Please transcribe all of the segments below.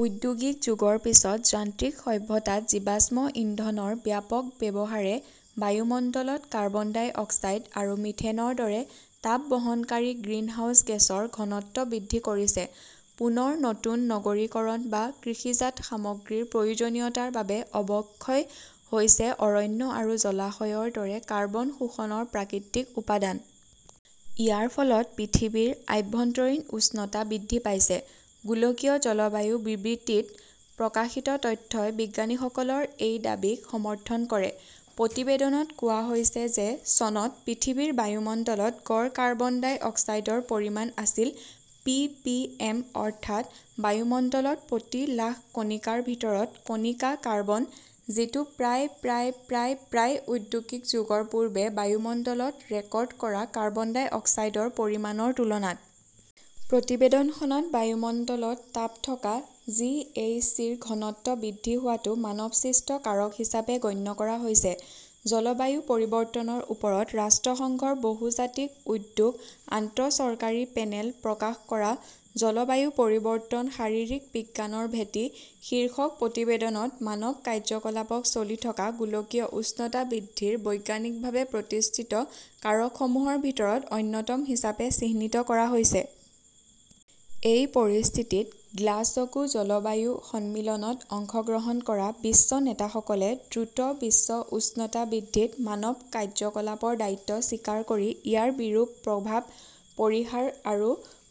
ঔদ্যোগিক যুগৰ পিছত যান্ত্ৰিক সভ্যতাত জীৱাশ্ম ইন্ধনৰ ব্যাপক ব্যৱহাৰে বায়ুমণ্ডলত কাৰ্বন ডাই অক্সাইড আৰু মিথেনৰ দৰে তাপ-বহনকাৰী গ্ৰিনহাউজ গেছৰ ঘনত্ব বৃদ্ধি কৰিছে। পুনৰ নতুন নগৰীকৰণ বা কৃষিজাত সামগ্ৰীৰ প্ৰয়োজনীয়তাৰ বাবে অৱক্ষয় হৈছে অৰণ্য আৰু জলাশয়ৰ দৰে কাৰ্বন শোষণৰ প্ৰাকৃতিক উপাদান। ইয়াৰ ফলত পৃথিৱীৰ আভ্যন্তৰীণ উষ্ণতা বৃদ্ধি পাইছে। গোলকীয় জলবায়ু বিবৃতি -ত প্ৰকাশিত তথ্যই বিজ্ঞানীসকলৰ এই দাবীক সমৰ্থন কৰে। প্ৰতিবেদনত কোৱা হৈছে যে চনত পৃথিৱীৰ বায়ুমণ্ডলত গড় কাৰ্বন ডাই অক্সাইডৰ পৰিমাণ আছিল পিপিএম অৰ্থাৎ বায়ুমণ্ডলত প্ৰতি লাখ কণিকাৰ ভিতৰত কণিকা কাৰ্বন; যিটো প্ৰায় প্ৰায় প্ৰায় প্ৰায় ঔদ্যোগিক যুগৰ পূৰ্বে বায়ুমণ্ডলত ৰেকৰ্ড কৰা কাৰ্বন ডাই অক্সাইডৰ পৰিমাণৰ তুলনাত। প্ৰতিবেদনখনত বায়ুমণ্ডলত তাপ থকা জি. এইচ. জি. -ৰ ঘনত্ব বৃদ্ধি হোৱাটো মানৱসৃষ্ট কাৰক হিচাপে গণ্য কৰা হৈছে। জলবায়ু পৰিৱৰ্তনৰ ওপৰত ৰাষ্ট্ৰসংঘৰ বহুজাতিক উদ্যোগ আন্তঃ-চৰকাৰী পেনেলে প্ৰকাশ কৰা 'জলবায়ু পৰিৱৰ্তন শাৰীৰিক বিজ্ঞানৰ ভেটি' শীৰ্ষক প্ৰতিবেদনত মানৱ কাৰ্যকলাপক চলি থকা গোলকীয় উষ্ণতা বৃদ্ধিৰ বৈজ্ঞানিকভাৱে প্ৰতিষ্ঠিত কাৰকসমূহৰ ভিতৰত অন্যতম হিচাপে চিহ্নিত কৰা হৈছে। এই পৰিস্থিতিত গ্লাছগো জলবায়ু সন্মিলনত অংশগ্ৰহণ কৰা বিশ্ব নেতাসকলে দ্ৰুত বিশ্ব উষ্ণতা বৃদ্ধিত মানৱ কাৰ্যকলাপৰ দায়িত্ব স্বীকাৰ কৰি ইয়াৰ বিৰূপ প্ৰভাৱ পৰিহাৰ আৰু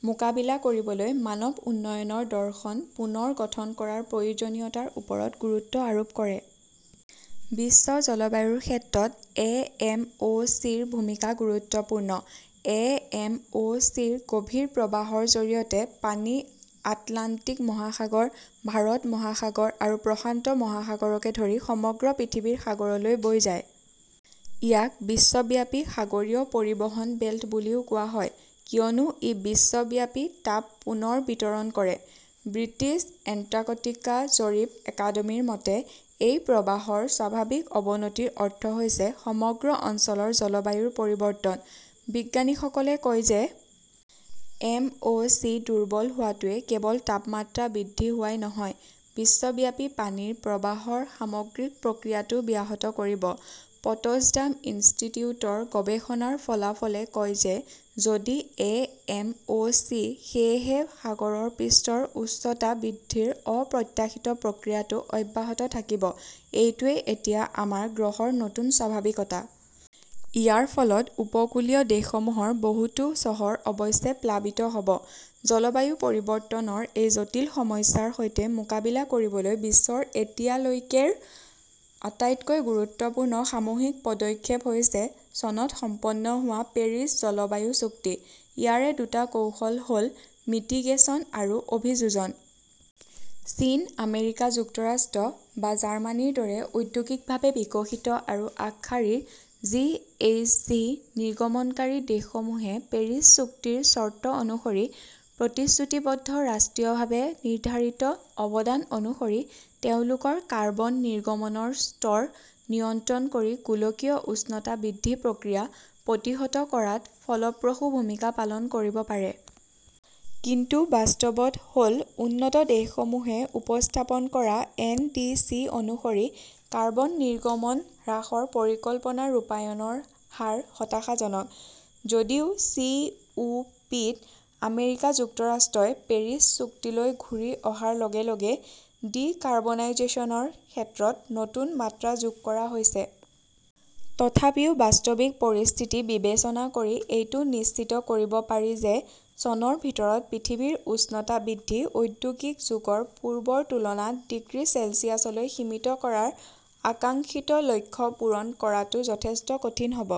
মোকাবিলা কৰিবলৈ মানৱ উন্নয়নৰ দৰ্শন পুনৰ গঠন কৰাৰ প্ৰয়োজনীয়তাৰ ওপৰত গুৰুত্ব আৰোপ কৰে। বিশ্ব জলবায়ুৰ ক্ষেত্ৰত এ. এম. অ. চি. -ৰ ভূমিকা গুৰুত্বপূৰ্ণ। এ. এম. অ. চি. -ৰ গভীৰ প্ৰবাহৰ জৰিয়তে পানী আটলাণ্টিক মহাসাগৰ, ভাৰত মহাসাগৰ আৰু প্ৰশান্ত মহাসাগৰকে ধৰি সমগ্ৰ পৃথিৱীৰ সাগৰলৈ বৈ যায়। ইয়াক বিশ্বব্যাপী সাগৰীয় পৰিবহণ বেল্ট বুলিও কোৱা হয়; কিয়নো ই বিশ্বব্যাপী তাপ পুনৰ বিতৰণ কৰে। ব্ৰিটিছ এণ্টাৰ্কটিকা জৰীপ একাডেমীৰ মতে, এই প্ৰৱাহৰ স্বাভাৱিক অৱনতিৰ অৰ্থ হৈছে সমগ্ৰ অঞ্চলৰ জলবায়ুৰ পৰিৱৰ্তন। বিজ্ঞানীসকলে কয় যে এ. এম. অ. চি. দুৰ্বল হোৱাটোৱে কেৱল তাপমাত্ৰা বৃদ্ধি হোৱাই নহয়, বিশ্বব্যাপী পানীৰ প্ৰবাহৰ সামগ্ৰিক প্ৰক্ৰিয়াটোও ব্যাহত কৰিব। পটছডাম ইনষ্টিটিউটৰ গৱেষণাৰ ফলাফলে কয় যে যদি এ. এম. অ. চি. সেয়েহে সাগৰৰ পৃষ্ঠৰ উচ্চতা বৃদ্ধিৰ অপ্ৰত্যাশিত প্ৰক্ৰিয়াটো অব্যাহত থাকিব, এইটোৱেই এতিয়া আমাৰ গ্ৰহৰ নতুন স্বাভাৱিকতা। ইয়াৰ ফলত উপকূলীয় দেশসমূহৰ বহুতো চহৰ অৱশ্যে প্লাবিত হ'ব। জলবায়ু পৰিৱৰ্তনৰ এই জটিল সমস্যাৰ সৈতে মোকাবিলা কৰিবলৈ বিশ্বৰ এতিয়ালৈকেৰ আটাইতকৈ গুৰুত্বপূৰ্ণ সামূহিক পদক্ষেপ হৈছে চনত সম্পন্ন হোৱা পেৰিছ জলবায়ু চুক্তি। ইয়াৰে দুটা কৌশল হ'ল মিটিগেচন আৰু অভিযোজন। চীন, আমেৰিকা যুক্তৰাষ্ট্ৰ বা জাৰ্মানীৰ দৰে ঔদ্যোগিকভাৱে বিকশিত আৰু আগশাৰীৰ জিএইচজি নিৰ্গমনকাৰী দেশসমূহে পেৰিছ চুক্তিৰ চৰ্ত অনুসৰি প্ৰতিশ্ৰুতিবদ্ধ ৰাষ্ট্ৰীয়ভাৱে নিৰ্ধাৰিত অৱদান অনুসৰি তেওঁলোকৰ কাৰ্বন নিৰ্গমনৰ স্তৰ নিয়ন্ত্ৰণ কৰি গোলকীয় উষ্ণতা বৃদ্ধি প্ৰক্ৰিয়া প্ৰতিহত কৰাত ফলপ্ৰসূ ভূমিকা পালন কৰিব পাৰে। কিন্তু বাস্তৱটো হ'ল উন্নত দেশসমূহে উপস্থাপন কৰা এন. ডি. চি. অনুসৰি কাৰ্বন নিৰ্গমন হ্ৰাসৰ পৰিকল্পনাৰ ৰূপায়ণৰ হাৰ হতাশাজনক। যদিও চি. ও. পি. -ত আমেৰিকা যুক্তৰাষ্ট্ৰই পেৰিছ চুক্তিলৈ ঘূৰি অহাৰ লগে লগে ডিকাৰ্বনাইজেশ্যনৰ ক্ষেত্ৰত নতুন মাত্ৰা যোগ কৰা হৈছে। তথাপিও বাস্তৱিক পৰিস্থিতি বিবেচনা কৰি এইটো নিশ্চিত কৰিব পাৰি যে চনৰ ভিতৰত পৃথিৱীৰ উষ্ণতা বৃদ্ধি ঔদ্যোগিক যুগৰ পূৰ্বৰ তুলনাত ডিগ্ৰী চেলছিয়াছলৈ সীমিত কৰাৰ আকাংক্ষিত লক্ষ্য পূৰণ কৰাটো যথেষ্ট কঠিন হ'ব।